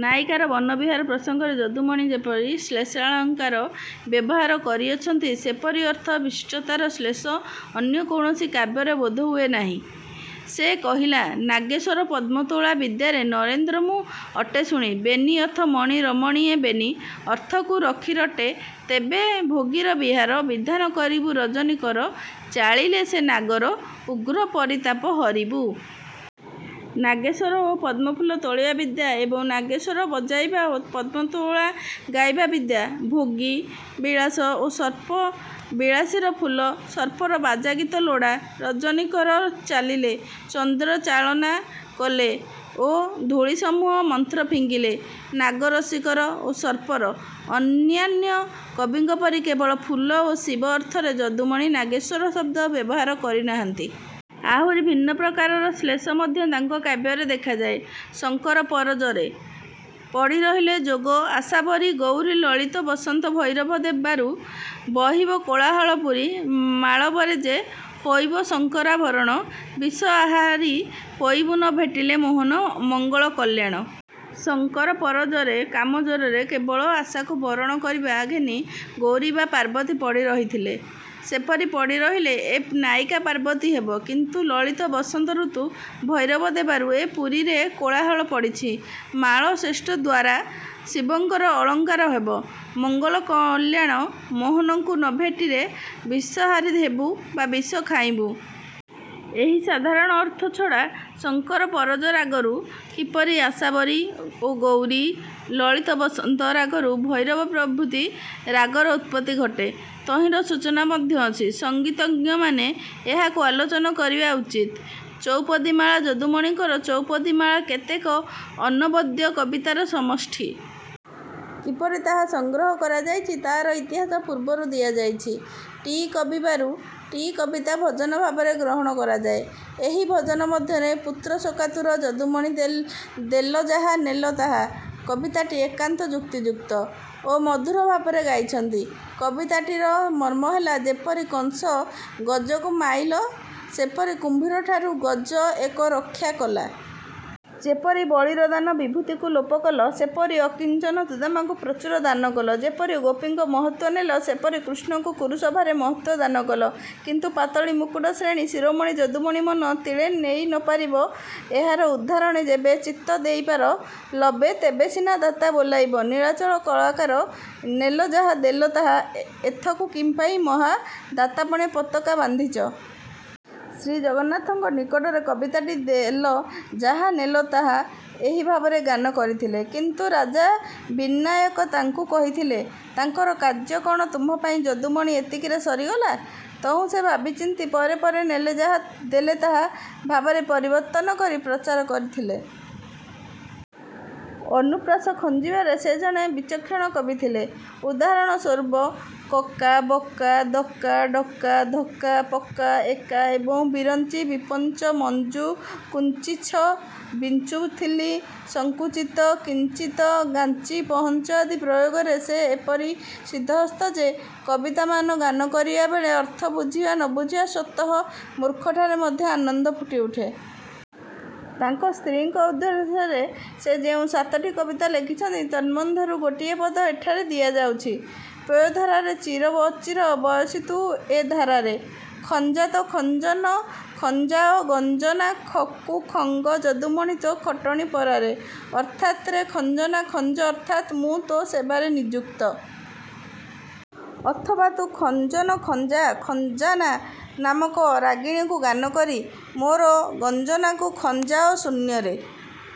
'ନାୟିକାର ବନବିହାର ପ୍ରସଙ୍ଗରେ ଯଦୁମଣି ଯେପରି ଶ୍ଳେଷାଳଙ୍କାର ବ୍ୟବହାର କରିଅଛନ୍ତି, ସେପରି ଅର୍ଥ- ବିଶିଷ୍ଟତାର ଶ୍ଲେଷ ଅନ୍ୟ କୌଣସି କାବ୍ୟରେ ବୋଧହୁଏ ନାହିଁ। କେ କହିଲା ନାଗେଶ୍ୱର ପଦ୍ମତୋଳା ବିଦ୍ୟାରେ ନରେନ୍ଦ୍ର ମୁଁ ଅଟେ ଶୁଣି ବେନି ଅଥ ମଣି ରମଣୀଏ ବେନି ଅର୍ଥକୁ ରଖି ରଟେ ତେବେ ଭୋଗୀର ବିହାର ବିଧାନ କରିବୁ ରଜନୀ କର ଚାଳିଲେ ସେ ନାଗର ଉଗ୍ର ପରିତାପ ହରିବୁ। ''ନାଗେଶ୍ୱର ଓ ପଦ୍ମଫୁଲ ତୋଳିବା ବିଦ୍ୟା ଏବଂ ନାଗେଶ୍ୱର ବଜାଇବା ଓ ପଦ୍ମତୋଳା ଗାଇବା ବିଦ୍ୟା। ଭୋଗୀ−ବିଳାସୀ ଓ ସର୍ପ, ବିଳାସୀର ଫୁଲ, ସର୍ପର ବାଜାଗୀତ ଲୋଡ଼ା। ରଜନୀକର ଚାଲିଲେ-ଚନ୍ଦ୍ର ଚାଳନା କଲେ ଓ ଧୂଳି ସମୂହ ମନ୍ତ୍ର ଫିଙ୍ଗିଲେ। ନାଗ−ରସିକର ଓ ସର୍ପର। ''ଅନ୍ୟାନ୍ୟ କବିଙ୍କ ପରି କେବଳ ଫୁଲ ଓ ଶିବ ଅର୍ଥରେ ଯଦୁମଣି 'ନାଗେଶ୍ୱର' ଶବ୍ଦ ବ୍ୟବହାର କରି ନାହାନ୍ତି। ଆହୁରି ଭିନ୍ନ ପ୍ରକାରର ଶ୍ଲେଷ। ମଧ୍ୟ ତାଙ୍କ କାବ୍ୟରେ ଦେଖାଯାଏ। ଶଙ୍କର ପର−ଜରେ ପଡ଼ିରହିଲେ ଯୋଗ ଆଶାବରୀ ଗଉରୀ ଲଳିତ ବସନ୍ତ ଭୈରବ ଦେବାରୁ ବହିବ କୋଳାହଳ ପୁରୀ ମାଳବରେ ଯେ, ହୋଇବ ଶଙ୍କରାଭରଣ ବିଷ ଆହାରି ହୋଇବୁ ନ ଭେଟିଲେ ମୋହନ ମଙ୍ଗଳ କଲ୍ୟାଣ! ଶଙ୍କରପର−ଜରେ−କାମଜ୍ୱରରେ, କେବଳ ଆଶକୁ ବରଣ କରିବା ଘେନି ଗୌରୀ ବା ପାର୍ବତୀ ପଡ଼ି ରହିଥିଲେ। ସେପରି ପଡ଼ି ରହିଲେ ଏ ନାୟିକା ପାର୍ବତୀ ହେବ। କିନ୍ତୁ ଲଳିତ ବସନ୍ତ ଋତୁ ଭୈରବ ଦେବାରୁ ଏ ପୁରୀରେ କୋଳାହଳ ପଡ଼ିଛି। ମାଳ−ଶ୍ରେଷ୍ଠଦ୍ୱାରା ଶିବଙ୍କର ଅଳଙ୍କାର ହେବ। ମଙ୍ଗଳ କଲ୍ୟାଣ ମୋହନଙ୍କୁ ନ ଭେଟିରେ ବିଷାହାରୀ ହେବୁ ବା ବିଷ ଖାଇବୁଁ। ଏହି ସାଧାରଣ ଅର୍ଥ ଛଡ଼ା ଶଙ୍କର ପରଜ ରାଗରୁ କିପରି ଆଶାବରୀ ଓ ଗୌରୀ, ଲଳିତ ବସନ୍ତ ରାଗରୁ ଭୈରବ ପ୍ରଭୃତି ରାଗର ଉତ୍ପତ୍ତି ଘଟେ, ତହିଁର ସୂଚନା ମଧ୍ୟ ଅଛି। ସଙ୍ଗୀତଜ୍ଞମାନେ ଏହାକୁ ଆଲୋଚନା କରିବା ଉଚିତ। " ଚଉପଦୀମାଳା ଯଦୁମଣିଙ୍କର ଚଉପଦୀମାଳା କେତେକ ଅନବଦ୍ୟ କବିତାର ସମଷ୍ଟି। କିପରି ତାହା ସଂଗ୍ରହ କରାଯାଇଛି ତାର ଇତିହାସ ପୂର୍ବରୁ ଦିଆଯାଇଛି। ଟି କବିବାରୁ ଟି କବିତା ଭଜନ ଭାବରେ ଗ୍ରହଣ କରାଯାଏ। ଏହି ଭଜନ ମଧ୍ୟରେ ପୁତ୍ରଶୋକାତୁର ଯଦୁମଣି 'ଦେଲ ଯାହା ନେଲ ତାହା' କବିତାଟି ଏକାନ୍ତ ଯୁକ୍ତିଯୁକ୍ତ ଓ ମଧୁର ଭାବରେ ଗାଇଛନ୍ତି। କବିତାଟିର ମର୍ମ୍ମହେଲା- ଯେପରି କଂସ ଗଜକୁ ମାଇଲ, ସେପରି କୁମ୍ଭୀରଠାରୁ ଗଜ ଏକ ରକ୍ଷା କଲା। ଯେପରି ବଳୀର ଦାନ ବିଭୂତିକୁ ଲୋପକଲ, ସେପରି ଅକିଞ୍ଚନ ସୁଦାମକୁ ପ୍ରଚୁର ଦାନକଲ। ଯେପରି ଗୋପୀଙ୍କ ମହତ୍ୱ ନେଲ, ସେପରି କୃଷ୍ଣାଙ୍କୁ କୁରୁସଭାରେ ମହତ୍ୱ ଦାନକଲ। କିନ୍ତୁ- ପାତଳୀ ମୁକୁଟ ଶ୍ରେଣୀ ଶିରୋମଣି ଯଦୁମଣି ମନ ତିଳେ ନେଇ ନ ପାରିବ ଏହା ଉଦ୍ଧାରଣେ ଯେବେ ଚିତ୍ତ ଦେଇପାର ଲବେ ତେବେସିନା ଦାତା ବୋଲାଇବ ନୀଳାଚଳ କଳାକର ନେଲ ଯାହା ଦେଲେ ତାହା ଏଥକୁ କିପାଇଁ ମହା− ଦାତା ପଣେ ପତକା ବାନ୍ଧିଛ? ସେ ଜଗନ୍ନାଥଙ୍କ ନିକଟରେ କବିତାଟି ଦେଲ ଯାହା ନେଲ ତାହା ଏହି ଭାବରେ ଗାନ କରିଥିଲେ। କିନ୍ତୁ ରାଜା ବିନାୟକ ତାଙ୍କୁ କହିଥିଲେ, ତାଙ୍କର କାର୍ଯ୍ୟ କ'ଣ ତୁମ୍ଭପାଇଁ ଯଦୁମଣି ଏତିକିରେ ସରିଗଲା? ତହୁଁ ସେ ଭାବିଚିନ୍ତି ପରେ ପରେ ''ନେଲ ଯାହା−ଦେଲ ତାହା" ଭାବରେ ପରିବର୍ତ୍ତନ କରି ପ୍ରଚାର କରିଥିଲେ। ଅନୁପ୍ରାସ ଖଞ୍ଜିବାରେ ସେ ଜଣେ ବିଚକ୍ଷଣ କବି ଥିଲେ। ଉଦାହରଣ ସୂରୁପ କକା, ବକା, ଦକା ଡକା ଧକ୍କା, ପକ୍କା, ଏକା ଏବଂ ବିରଞ୍ଚି, ବିପଞ୍ଚ, ମଞ୍ଚୁ, କୁଞ୍ଚିଚ୍ଛ, ବିଂଚୁଥିଲି, ସଂକୁଚିତ, କିଂଚିତ, ଗାଞ୍ଚି ପହଞ୍ଚ ଆଦି ପ୍ରୟୋଗ ରେ ସେ ଏପରି ସିଦ୍ଧହସ୍ତ ଯେ କବିତାମାନ ଗାନକରିବାବେଳେ ଅର୍ଥ ବୁଝାବା ନବୁଝ ସ୍ୱତଃ ମୁର୍ଖଠାରେ ମଧ୍ୟ ଆନନ୍ଦ ଫୁଟିଉଠେ। ତାଙ୍କ ସ୍ତ୍ରୀଙ୍କ ଉଦ୍ଦେଶ୍ୟରେ ସେ ଯେଉଁ ସାତଟି କବିତା ଲେଖିଛନ୍ତି, ତନ୍ମଧ୍ୟରୁ ଗୋଟିଏ ପଦ ଏଠାରେ ଦିଆଯାଉଛି। ପୟୋଧରାରେ ଚିର ଅଚିର ବୟସୀ ତୁ ଏ ଧରାରେ। ଖଞ୍ଜା ତୋ ଖଞ୍ଜନା ଖଞ୍ଜାଅ ଗଞ୍ଜନା ଖକୁ ଖଙ୍ଗ ଯଦୁମଣି ତୋ ଖଟଣି ପରାରେ। ଅର୍ଥାତ ରେ ଖଞ୍ଜନା ଖଞ୍ଜ ଅର୍ଥାତ୍ ମୁଁ ତୋ ସେବାରେ ନିଯୁକ୍ତ-। ଅଥବା ତୁ ଖଞ୍ଜନ ଖଞ୍ଜା-ଖଞ୍ଜନା ନାମକ ରାଗିଣୀକୁ ଗାନକରି, ମୋର ଗଞ୍ଜନାକୁ ଖଞ୍ଜାଅ-ଶୂନ୍ୟରେ।